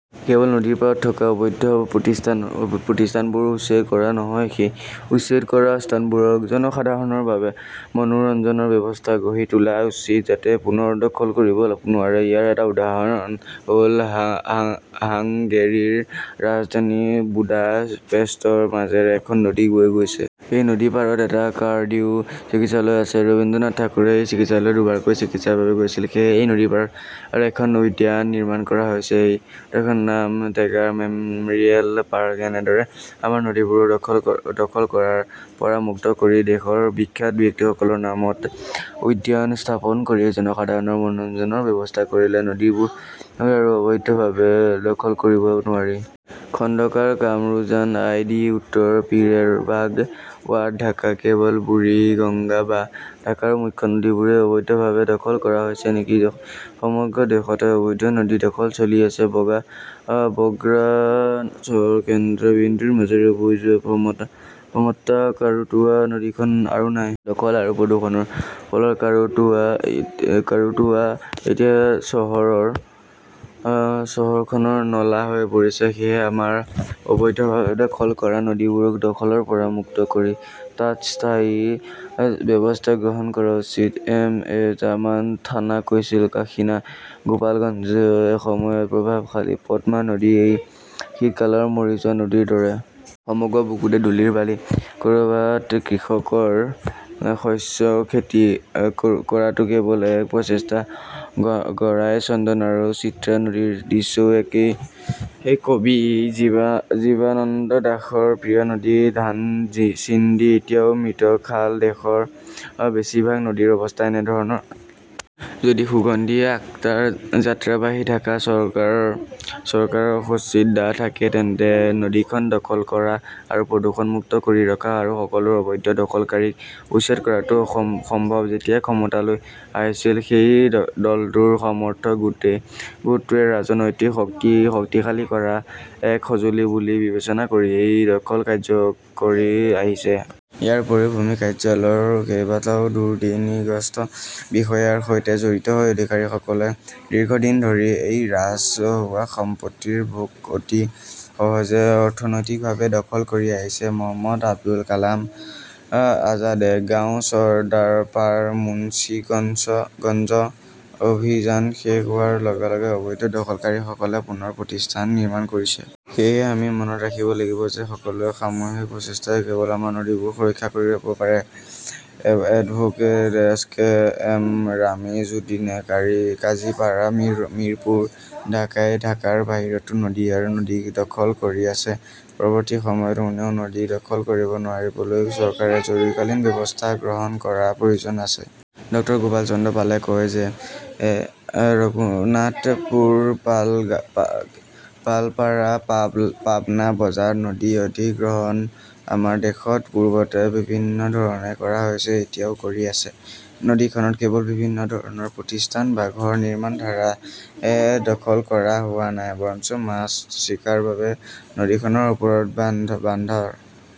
কেৱল নদীৰ পাৰত থকা অবৈধ প্ৰতিষ্ঠানবোৰ উচ্ছেদ কৰাই নহয় সেই উচ্ছেদ কৰা স্থানবোৰত জনসাধাৰণৰ বাবে মনোৰঞ্জনৰ ব্যৱস্থা গঢ়ি তোলা উচিত যাতে পুনৰ দখল কৰিব নোৱাৰে। ইয়াৰ এটা উদাহৰণ হ'ল হাংগেৰীৰ ৰাজধানী বুদাপেষ্টৰ মাজেৰে এখন নদী বৈ গৈছে। এই নদীৰ পাৰত এটা কাৰ্ডিও চিকিৎসালয় আছে। ৰবীন্দ্ৰনাথ ঠাকুৰে এই চিকিৎসালয়লৈ দুবাৰকৈ চিকিৎসাৰ বাবে গৈছিল। সেয়েহে এই নদীৰ পাৰত এখন উদ্যান নিৰ্মাণ কৰা হৈছে। এই উদ্যানখনৰ নাম টেগাৰ মেম'ৰিয়েল পাৰ্ক। এনেদৰে আমাৰ নদীবোৰ দখল কৰাৰ পৰা মুক্ত কৰি দেশৰ বিখ্যাত ব্যক্তিসকলৰ নামত উদ্যান স্থাপন কৰি জনসাধাৰণৰ মনোৰঞ্জনৰ ব্যৱস্থা কৰিলে নদীবোৰ আৰু অবৈধভাৱে দখল কৰিব নোৱাৰিব। খণ্ডকাৰ কামৰুজান আই ডি উত্তৰ পিৰেৰবাগ ৱাৰ্ড ঢাকা কেৱল বুৰিগঙ্গা বা ঢাকাৰ মুখ্য নদীবোৰেই অবৈধভাৱে দখল কৰা হৈছে নেকি? সমগ্ৰ দেশতে অবৈধ নদী দখল চলি আছে। বগ্ৰা চহৰৰ কেন্দ্ৰবিন্দুৰ মাজেৰে বৈ যোৱা প্ৰমত্তা কাৰুতোৱা নদীখন আৰু নাই। দখল আৰু প্ৰদূষণৰ ফলত কাৰুতোৱা এতিয়া চহৰখনৰ নলা হৈ পৰিছে। সেয়েহে আমাৰ অবৈধভাৱে দখল কৰা নদীবোৰক দখলৰ পৰা মুক্ত কৰি তাত স্থায়ী ব্যৱস্থা গ্ৰহণ কৰা উচিত। এম এ জামান থানা কৈছিল কাশীনা গোপালগঞ্জ এসময়ত প্ৰভাৱশালী পদ্মা নদী এই শীতকালত মৰি যোৱা নদীৰ দৰে। সমগ্ৰ বুকুতে ধূলিৰ বালি। ক'ৰবাত কৃষকৰ শস্য খেতি কৰাটো কেৱল এক প্ৰচেষ্টা। গড়াই চন্দন আৰু চিত্ৰা নদীৰ দৃশ্যও একেই। কবি জীৱানন্দ দাসৰ প্ৰিয় নদী ধানচিণ্ডী এতিয়া মৃত খাল। দেশৰ বেছিভাগ নদীৰ অৱস্থা এনেধৰণৰ। যদি সুগন্ধি আখতাৰ যাত্ৰাবাৰী ঢাকা চৰকাৰৰ সদিচ্ছা থাকে তেন্তে নদীখন দখল কৰা আৰু প্ৰদূষণমুক্ত কৰি ৰখা আৰু সকলো অবৈধ দখলকাৰীক উচ্ছেদ কৰাটো সম্ভৱ। যেতিয়া ক্ষমতালৈ আহিছিল সেই দলটোৰ সমৰ্থক গোটটোৱে ৰাজনৈতিক শক্তিক শক্তিশালী কৰাৰ এক সঁজুলি বুলি বিবেচনা কৰি এই দখল কাৰ্যকৰী কৰি আহিছে। ইয়াৰ উপৰিও ভূমি কাৰ্যালয়ৰ কেইবাজনো দুৰ্নীতিগ্ৰস্ত বিষয়াৰ সৈতে জড়িত হৈ অধিকাৰীসকলে দীৰ্ঘদিন ধৰি এই ৰাজহুৱা সম্পত্তিৰ ভোগ অতি সহজে অনৈতিকভাৱে দখল কৰি আহিছে। মহম্মদ আবুল কালাম আজাদে গাঁও চৰ্দাৰপাৰা মুন্সিগঞ্জ অভিযান শেষ হোৱাৰ লগে লগে অবৈধ দখলকাৰীসকলে পুনৰ প্ৰতিষ্ঠান নিৰ্মাণ কৰিছে। সেয়েহে আমি মনত ৰাখিব লাগিব যে সকলোৰে সামূহিক প্ৰচেষ্টাই কেৱল আমাৰ নদীবোৰ সুৰক্ষিত কৰিব পাৰে। এডভোকেট এছ কে এম ৰামিজুদ্দিনে কাজিপাড়া মিৰপুৰ ঢাকাই ঢাকাৰ বাহিৰতো নদী আৰু নদী দখল কৰি আছে। পৰৱৰ্তী সময়ত কোনেও নদী দখল কৰিব নোৱাৰিবলৈ চৰকাৰে জৰুৰীকালীন ব্যৱস্থা গ্ৰহণ কৰাৰ প্ৰয়োজন আছে। ডক্টৰ গোপাল চন্দ্ৰ পালে কয় যে ৰঘুনাথপুৰ পালপাৰা পাবনা বজাৰ নদী অধিগ্ৰহণ আমাৰ দেশত পূৰ্বতে বিভিন্ন ধৰণে কৰা হৈছে এতিয়াও কৰি আছে। নদীখনত কেৱল বিভিন্ন ধৰণৰ প্ৰতিষ্ঠান বা ঘৰ নিৰ্মাণৰ দ্বাৰাহে দখল কৰা হোৱা নাই বৰঞ্চ মাছ চিকাৰৰ বাবে নদীখনৰ ওপৰত বান্ধৰ।